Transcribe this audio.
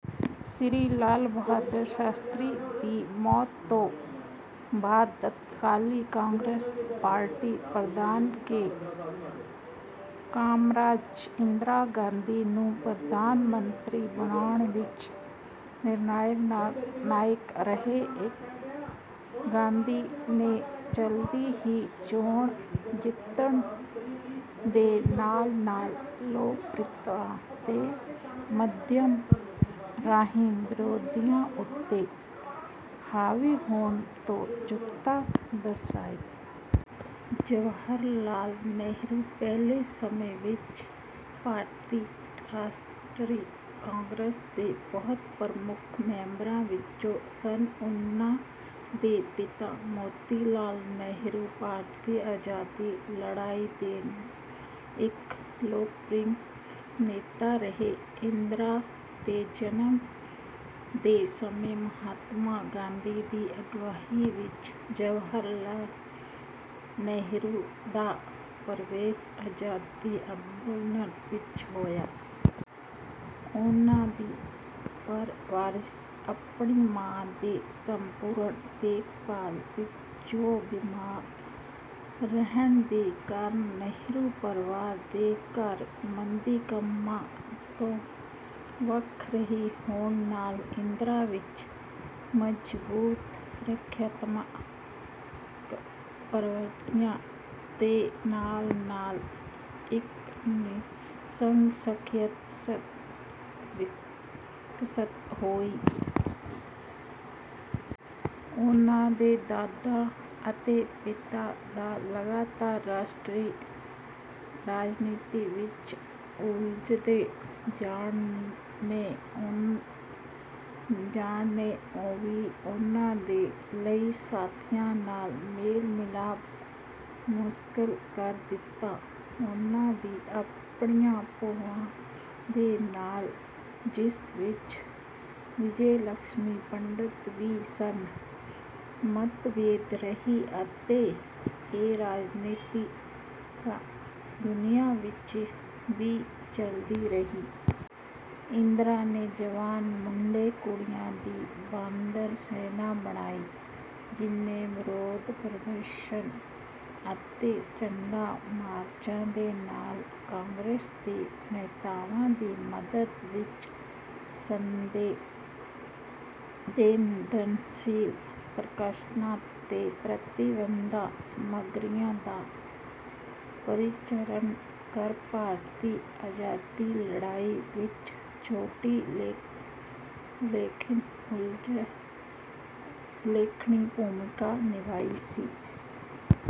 ਸ਼੍ਰੀ ਲਾਲ ਬਹਾਦੁਰ ਸ਼ਾਸਤਰੀ ਦੀ ਮੌਤ ਤੋੋਂ ਬਾਅਦ ਤਤਕਾਲੀ ਕਾਂਗਰਸ ਪਾਰਟੀ ਪ੍ਰਧਾਨ ਕੇ. ਕਾਮਰਾਜ ਇੰਦਰਾ ਗਾਂਧੀ ਨੂੰ ਪ੍ਰਧਾਨ ਮੰਤਰੀ ਬਣਾਉਣ ਵਿੱਚ ਨਿਰਣਾਇਕ ਰਹੇ। ਗਾਂਧੀ ਨੇ ਜਲਦੀ ਹੀ ਚੋਣ ਜਿੱਤਣ ਦੇ ਨਾਲ-ਨਾਲ ਲੋਕਪ੍ਰਿਅਤਾ ਦੇ ਮਾਧਿਅਮ ਰਾਹੀਂ ਵਿਰੋਧੀਆਂ ਉੱਤੇ ਹਾਵੀ ਹੋਣ ਦੀ ਯੋਗਤਾ ਦਰਸਾਈ। ਜਵਾਹਰ ਲਾਲ ਨਹਿਰੂ ਪਹਿਲੇ ਸਮੇਂ ਵਿੱਚ ਭਾਰਤੀ ਰਾਸ਼ਟਰੀ ਕਾਂਗਰਸ ਦੇ ਬਹੁਤ ਪ੍ਰਮੁੱਖ ਮੈਬਰਾਂ ਵਿੱਚੋਂ ਸਨ। ਉਨ੍ਹਾਂ ਦੇ ਪਿਤਾ ਮੋਤੀਲਾਲ ਨਹਿਰੂ ਭਾਰਤੀ ਆਜ਼ਾਦੀ ਲੜਾਈ ਦੇ ਇੱਕ ਲੋਕਪ੍ਰਿਯ ਨੇਤਾ ਰਹੇ। ਇੰਦਰਾ ਦੇ ਜਨਮ ਦੇ ਸਮੇਂ ਮਹਾਤਮਾ ਗਾਂਧੀ ਦੇ ਅਗਵਾਈ ਵਿੱਚ ਜਵਾਹਿਰਲਾਲ ਨਹਿਰੂ ਦਾ ਪਰਵੇਸ਼ ਆਜ਼ਾਦੀ ਅੰਦੋਲਨ ਵਿੱਚ ਹੋਇਆ। ਉਨ੍ਹਾਂ ਦੀ ਪਰਵਰਿਸ਼ ਆਪਣੀ ਮਾਂ ਦੀ ਸੰਪੂਰਣ ਦੇਖਭਾਲ ਵਿੱਚ, ਜੋ ਬੀਮਾਰ ਰਹਿਣ ਦੇ ਕਾਰਨ ਨਹਿਰੂ ਪਰਵਾਰ ਦੇ ਘਰ ਸੰਬੰਧੀ ਕੰਮਾਂ ਤੋਂ ਵੱਖ ਰਹੀ, ਹੋਣ ਨਾਲ ਇੰਦਰਾ ਵਿੱਚ ਮਜਬੂਤ ਰੱਖਿਆਤਮਕ ਪ੍ਰਵਿਰਤੀਆਂ ਦੇ ਨਾਲ ਨਾਲ ਇੱਕ ਨਿਸੰਗ ਸ਼ਖਸੀਅਤ ਵਿਕਸਿਤ ਹੋਈ। ਉਨ੍ਹਾਂ ਦੇ ਦਾਦਾ ਅਤੇ ਪਿਤਾ ਦਾ ਲਗਾਤਾਰ ਰਾਸ਼ਟਰੀ ਰਾਜਨੀਤੀ ਵਿੱਚ ਉਲਝਦੇ ਜਾਣ ਨੇ ਔਵੀ ਉਨ੍ਹਾਂ ਦੇ ਲਈ ਸਾਥੀਆਂ ਨਾਲ ਮੇਲ-ਮਿਲਾਪ ਮੁਸ਼ਕਲ ਕਰ ਦਿੱਤਾ। ਉਨ੍ਹਾਂ ਦੀ ਆਪਣੀਆਂ ਭੂਆਂ ਦੇ ਨਾਲ ਜਿਸ ਵਿੱਚ ਵਿਜੇਲਕਸ਼ਮੀ ਪੰਡਤ ਵੀ ਸਨ, ਮਤਭੇਦ ਰਹੀ ਅਤੇ ਇਹ ਰਾਜਨੀਤਕ ਦੁਨੀਆ ਵਿੱਚ ਵੀ ਚੱਲਦੀ ਰਹੀ। ਇੰਦਰਾ ਨੇ ਜਵਾਨ ਮੁੰਡੇ-ਕੁੜੀਆਂ ਦੀ ਬਾਂਦਰ ਸੈਨਾ ਬਣਾਈ, ਜਿਨ੍ਹੇ ਵਿਰੋਧ ਪ੍ਰਦਰਸ਼ਨ ਅਤੇ ਝੰਡਾ ਮਾਰਚਾਂ ਦੇ ਨਾਲ ਕਾਂਗਰਸ ਦੇ ਨੇਤਾਵਾਂ ਦੀ ਮਦਦ ਵਿੱਚ ਸੰਵੇਦਨਸ਼ੀਲ ਪ੍ਰਕਾਸ਼ਨਾਂ ਅਤੇ ਪ੍ਰਤੀਬੰਧਿਤ ਸਾਮਗਰੀਆਂ ਦਾ ਪਰਿਸੰਚਰਣ ਕਰ ਭਾਰਤੀ ਆਜ਼ਾਦੀ ਲੜਾਈ ਵਿੱਚ ਛੋਟੀ ਲੇਕਿਨ ਉਲੇਖਣੀ ਭੂਮਿਕਾ ਨਿਭਾਈ ਸੀ।